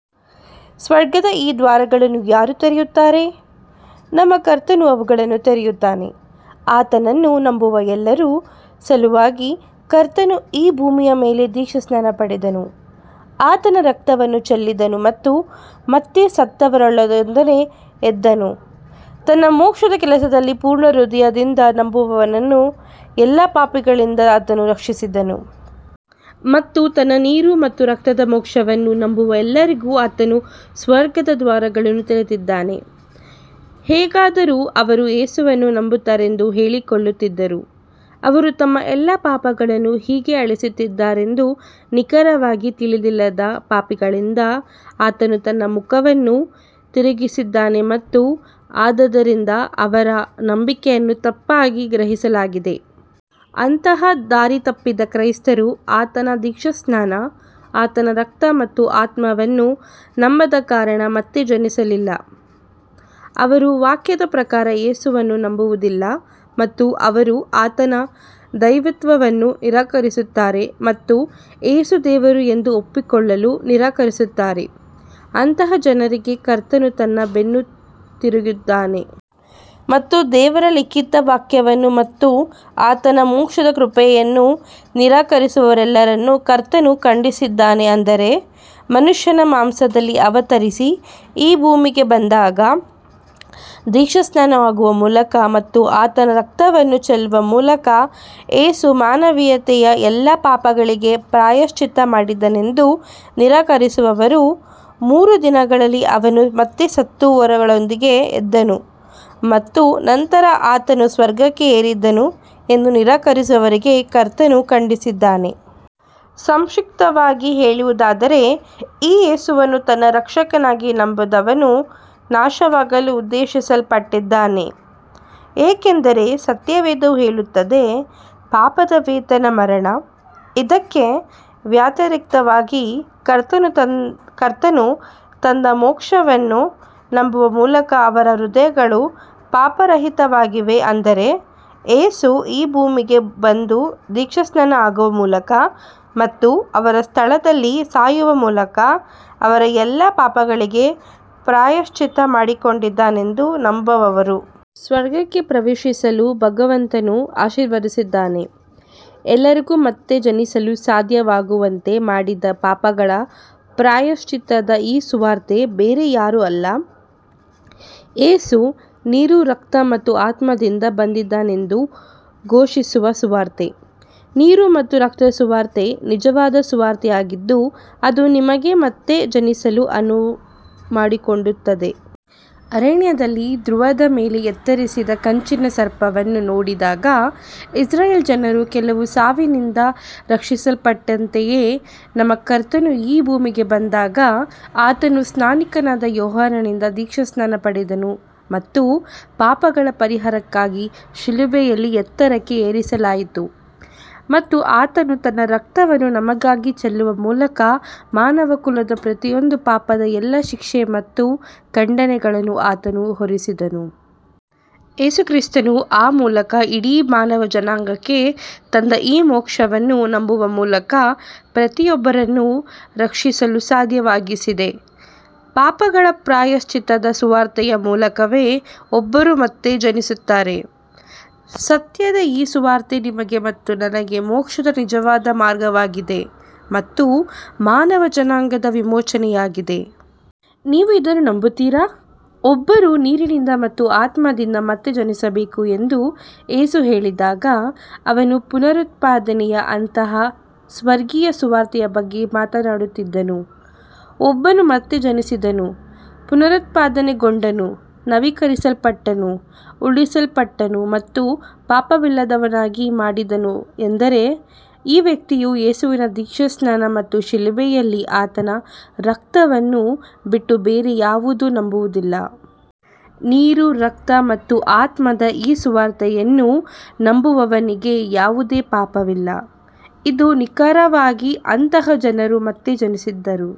ಸ್ವರ್ಗದ ಈ ದ್ವಾರಗಳನ್ನು ಯಾರು ತೆರೆಯುತ್ತಾರೆ? ನಮ್ಮ ಕರ್ತನು ಅವುಗಳನ್ನು ತೆರೆಯುತ್ತಾನೆ. ಆತನನ್ನು ನಂಬುವ ಎಲ್ಲರ ಸಲುವಾಗಿ, ಕರ್ತನು ಈ ಭೂಮಿಯ ಮೇಲೆ ದೀಕ್ಷಾಸ್ನಾನ ಪಡೆದನು, ಆತನ ರಕ್ತವನ್ನು ಚೆಲ್ಲಿದನು ಮತ್ತು ಮತ್ತೆ ಸತ್ತವರೊಳಗಿಂದ ಎದ್ದನು. ತನ್ನ ಮೋಕ್ಷದ ಕೆಲಸದಲ್ಲಿ ಪೂರ್ಣ ಹೃದಯದಿಂದ ನಂಬುವವನನ್ನು ಎಲ್ಲ ಪಾಪಗಳಿಂದ ಅತನು ರಕ್ಷಿಸಿದ್ದಾನೆ. ಮತ್ತು ತನ್ನ ನೀರು ಮತ್ತು ರಕ್ತದ ಮೋಕ್ಷವನ್ನು ನಂಬುವ ಎಲ್ಲರಿಗೂ ಆತನು ಸ್ವರ್ಗದ ದ್ವಾರಗಳನ್ನು ತೆರೆದಿದ್ದಾನೆ. ಹೇಗಾದರೂ, ಅವರು ಯೇಸುವನ್ನು ನಂಬುತ್ತಾರೆಂದು ಹೇಳಿಕೊಳ್ಳುತ್ತಿದ್ದರೂ, ಅವರು ತಮ್ಮ ಎಲ್ಲಾ ಪಾಪಗಳನ್ನು ಹೇಗೆ ಅಳಿಸಿದ್ದಾರೆಂದು ನಿಖರವಾಗಿ ತಿಳಿದಿಲ್ಲದ ಪಾಪಿಗಳಿಂದ ಆತನು ತನ್ನ ಮುಖವನ್ನು ತಿರುಗಿಸಿದ್ದಾನೆ ಮತ್ತು ಆದ್ದರಿಂದ ಅವರ ನಂಬಿಕೆಯನ್ನು ತಪ್ಪಾಗಿ ಗ್ರಹಿಸಲಾಗಿದೆ. ಅಂತಹ ದಾರಿತಪ್ಪಿದ ಕ್ರೈಸ್ತರು ಆತನ ದೀಕ್ಷಾಸ್ನಾನ, ಆತನ ರಕ್ತ ಮತ್ತು ಆತ್ಮವನ್ನು ನಂಬದ ಕಾರಣ ಮತ್ತೆ ಜನಿಸಿಲ್ಲ; ಅವರು ವಾಕ್ಯದ ಪ್ರಕಾರ ಯೇಸುವನ್ನು ನಂಬುವುದಿಲ್ಲ; ಮತ್ತು ಅವರು ಆತನ ದೈವತ್ವವನ್ನು ನಿರಾಕರಿಸುತ್ತಾರೆ ಮತ್ತು ಯೇಸು ದೇವರು ಎಂದು ಒಪ್ಪಿಕೊಳ್ಳಲು ನಿರಾಕರಿಸುತ್ತಾರೆ. ಅಂತಹ ಜನರಿಗೆ ಕರ್ತನು ತನ್ನ ಬೆನ್ನು ತಿರುಗಿದ್ದಾನೆ. ಮತ್ತು ದೇವರ ಲಿಖಿತ ವಾಕ್ಯವನ್ನು ಮತ್ತು ಆತನ ಮೋಕ್ಷದ ಕೃಪೆಯನ್ನು ನಿರಾಕರಿಸುವವರೆಲ್ಲರನ್ನೂ ಕರ್ತನು ಖಂಡಿಸಿದ್ದಾನೆ ಅಂದರೆ, ಮನುಷ್ಯನ ಮಾಂಸದಲ್ಲಿ ಅವತರಿಸಿ ಈ ಭೂಮಿಗೆ ಬಂದಾಗ, ದೀಕ್ಷಾಸ್ನಾನ ಆಗುವ ಮೂಲಕ ಮತ್ತು ಆತನ ರಕ್ತವನ್ನು ಚೆಲ್ಲುವ ಮೂಲಕ ಯೇಸು ಮಾನವೀಯತೆಯ ಎಲ್ಲಾ ಪಾಪಗಳಿಗೆ ಪ್ರಾಯಶ್ಚಿತ್ತ ಮಾಡಿದ್ದಾನೆಂದು ನಿರಾಕರಿಸುವವರು, ಮೂರು ದಿನಗಳಲ್ಲಿ ಅವನು ಮತ್ತೆ ಸತ್ತವರೊಳಗಿಂದ ಎದ್ದನು, ಮತ್ತು ನಂತರ ಅತನು ಸ್ವರ್ಗಕ್ಕೆ ಏರಿದನು ಎಂದು ನಿರಾಕರಿಸುವವರಿಗೆ ಕರ್ತನು ಖಂಡಿಸಿದ್ದಾನೆ. ಸಂಕ್ಷಿಪ್ತವಾಗಿ ಹೇಳುವುದಾದರೆ, ಈ ಯೇಸುವನ್ನು ತನ್ನ ರಕ್ಷಕನಾಗಿ ನಂಬದವನು ನಾಶವಾಗಲು ಉದ್ದೇಶಿಸಲ್ಪಟ್ಟಿದ್ದಾನೆ, ಏಕೆಂದರೆ ಸತ್ಯವೇದವು ಹೇಳುತ್ತದೆ, "ಪಾಪದ ವೇತನ ಮರಣ. " ಇದಕ್ಕೆ ವ್ಯತಿರಿಕ್ತವಾಗಿ, ಕರ್ತನು ತಂದ ಮೋಕ್ಷವನ್ನು ನಂಬುವ ಮೂಲಕ ಅವರ ಹೃದಯಗಳು ಪಾಪರಹಿತವಾಗಿವೆ ಅಂದರೆ, ಯೇಸು ಈ ಭೂಮಿಗೆ ಬಂದು ದೀಕ್ಷಾಸ್ನಾನ ಆಗುವ ಮೂಲಕ ಮತ್ತು ಅವರ ಸ್ಥಳದಲ್ಲಿ ಸಾಯುವ ಮೂಲಕ ಅವರ ಎಲ್ಲಾ ಪಾಪಗಳಿಗೆ ಪ್ರಾಯಶ್ಚಿತ್ತ ಮಾಡಿಕೊಂಡನೆಂದು ನಂಬುವವರು. ಸ್ವರ್ಗಕ್ಕೆ ಪ್ರವೇಶಿಸಲು ಭಗವಂತನು ಆಶೀರ್ವದಿಸಿದ್ದಾನೆ. ಎಲ್ಲರಿಗೂ ಮತ್ತೆ ಜನಿಸಲು ಸಾಧ್ಯವಾಗುವಂತೆ ಮಾಡಿದ ಪಾಪಗಳ ಪ್ರಾಯಶ್ಚಿತ್ತದ ಈ ಸುವಾರ್ತೆ ಬೇರೆ ಯಾರೂ ಅಲ್ಲ, ಯೇಸು ನೀರು, ರಕ್ತ ಮತ್ತು ಆತ್ಮದಿಂದ ಬಂದಿದ್ದಾನೆಂದು ಘೋಷಿಸುವ ಸುವಾರ್ತೆ. ನೀರು ಮತ್ತು ರಕ್ತದ ಸುವಾರ್ತೆ ನಿಜವಾದ ಸುವಾರ್ತೆಯಾಗಿದ್ದು ಅದು ನಿಮಗೆ ಮತ್ತೆ ಜನಿಸಲು ಅನುವು ಮಾಡಿಕೊಡುತ್ತದೆ. ಅರಣ್ಯದಲ್ಲಿ ಧ್ರುವದ ಮೇಲೆ ಎತ್ತರಿಸಿದ ಕಂಚಿನ ಸರ್ಪವನ್ನು ನೋಡಿದಾಗ ಇಸ್ರಾಯೇಲ್ ಜನರು ಕೆಲವು ಸಾವಿನಿಂದ ರಕ್ಷಿಸಲ್ಪಟ್ಟಂತೆಯೇ, ನಮ್ಮ ಕರ್ತನು ಈ ಭೂಮಿಗೆ ಬಂದಾಗ, ಅತನು ಸ್ನಾನಿಕನಾದ ಯೋಹಾನನಿಂದ ದೀಕ್ಷಾಸ್ನಾನ ಪಡೆದನು ಮತ್ತು ಪಾಪಗಳ ಪರಿಹಾರಕ್ಕಾಗಿ ಶಿಲುಬೆಯಲ್ಲಿ ಎತ್ತರಕ್ಕೆ ಏರಿಸಲಾಯಿತು, ಮತ್ತು ಆತನು ತನ್ನ ರಕ್ತವನ್ನು ನಮಗಾಗಿ ಚೆಲ್ಲುವ ಮೂಲಕ ಮಾನವಕುಲದ ಪ್ರತಿಯೊಂದು ಪಾಪದ ಎಲ್ಲಾ ಶಿಕ್ಷೆ ಮತ್ತು ಖಂಡನೆಗಳನ್ನು ಅತನು ಹೊರಿಸಿದನು. ಯೇಸುಕ್ರಿಸ್ತನು ಆ ಮೂಲಕ ಇಡೀ ಮಾನವ ಜನಾಂಗಕ್ಕೆ ತಂದ ಈ ಮೋಕ್ಷವನ್ನು ನಂಬುವ ಮೂಲಕ ಪ್ರತಿಯೊಬ್ಬರನ್ನು ರಕ್ಷಿಸಲು ಸಾಧ್ಯವಾಗಿಸಿದೆ. ಪಾಪಗಳ ಪ್ರಾಯಶ್ಚಿತ್ತದ ಸುವಾರ್ತೆಯ ಮೂಲಕವೇ ಒಬ್ಬರು ಮತ್ತೆ ಜನಿಸುತ್ತಾರೆ. ಸತ್ಯದ ಈ ಸುವಾರ್ತೆ ನಿಮಗೆ ಮತ್ತು ನನಗೆ ಮೋಕ್ಷದ ನಿಜವಾದ ಮಾರ್ಗವಾಗಿದೆ ಮತ್ತು ಮಾನವ ಜನಾಂಗದ ವಿಮೋಚನೆಯಾಗಿದೆ. ನೀವು ಇದನ್ನು ನಂಬುತ್ತೀರಾ? ಒಬ್ಬರು ನೀರಿನಿಂದ ಮತ್ತು ಆತ್ಮದಿಂದ ಮತ್ತೆ ಜನಿಸಬೇಕು ಎಂದು ಯೇಸು ಹೇಳಿದಾಗ, ಅವನು ಪುನರುತ್ಪಾದನೆಯ ಅಂತಹ ಸ್ವರ್ಗೀಯ ಸುವಾರ್ತೆಯ ಬಗ್ಗೆ ಮಾತನಾಡುತ್ತಿದ್ದನು. ಒಬ್ಬನು ಮತ್ತೆ ಜನಿಸಿದನು, ಪುನರುತ್ಪಾದನೆಗೊಂಡನು, ನವೀಕರಿಸಲ್ಪಟ್ಟನು, ಉಳಿಸಲ್ಪಟ್ಟನು ಮತ್ತು ಪಾಪವಿಲ್ಲದವನಾಗಿ ಮಾಡಿದನು ಎಂದರೆ ಈ ವ್ಯಕ್ತಿಯು ಯೇಸುವಿನ ದೀಕ್ಷಾಸ್ನಾನ ಮತ್ತು ಶಿಲುಬೆಯಲ್ಲಿ ಆತನ ರಕ್ತವನ್ನು ಬಿಟ್ಟು ಬೇರೆ ಯಾವುದೂ ನಂಬುವುದಿಲ್ಲ. ನೀರು, ರಕ್ತ ಮತ್ತು ಆತ್ಮದ ಈ ಸುವಾರ್ತೆಯನ್ನು ನಂಬುವವನಿಗೆ ಯಾವುದೇ ಪಾಪವಿಲ್ಲ. ಇದು ನಿಖರವಾಗಿ ಅಂತಹ ಜನರು ಮತ್ತೆ ಜನಿಸಿದರು.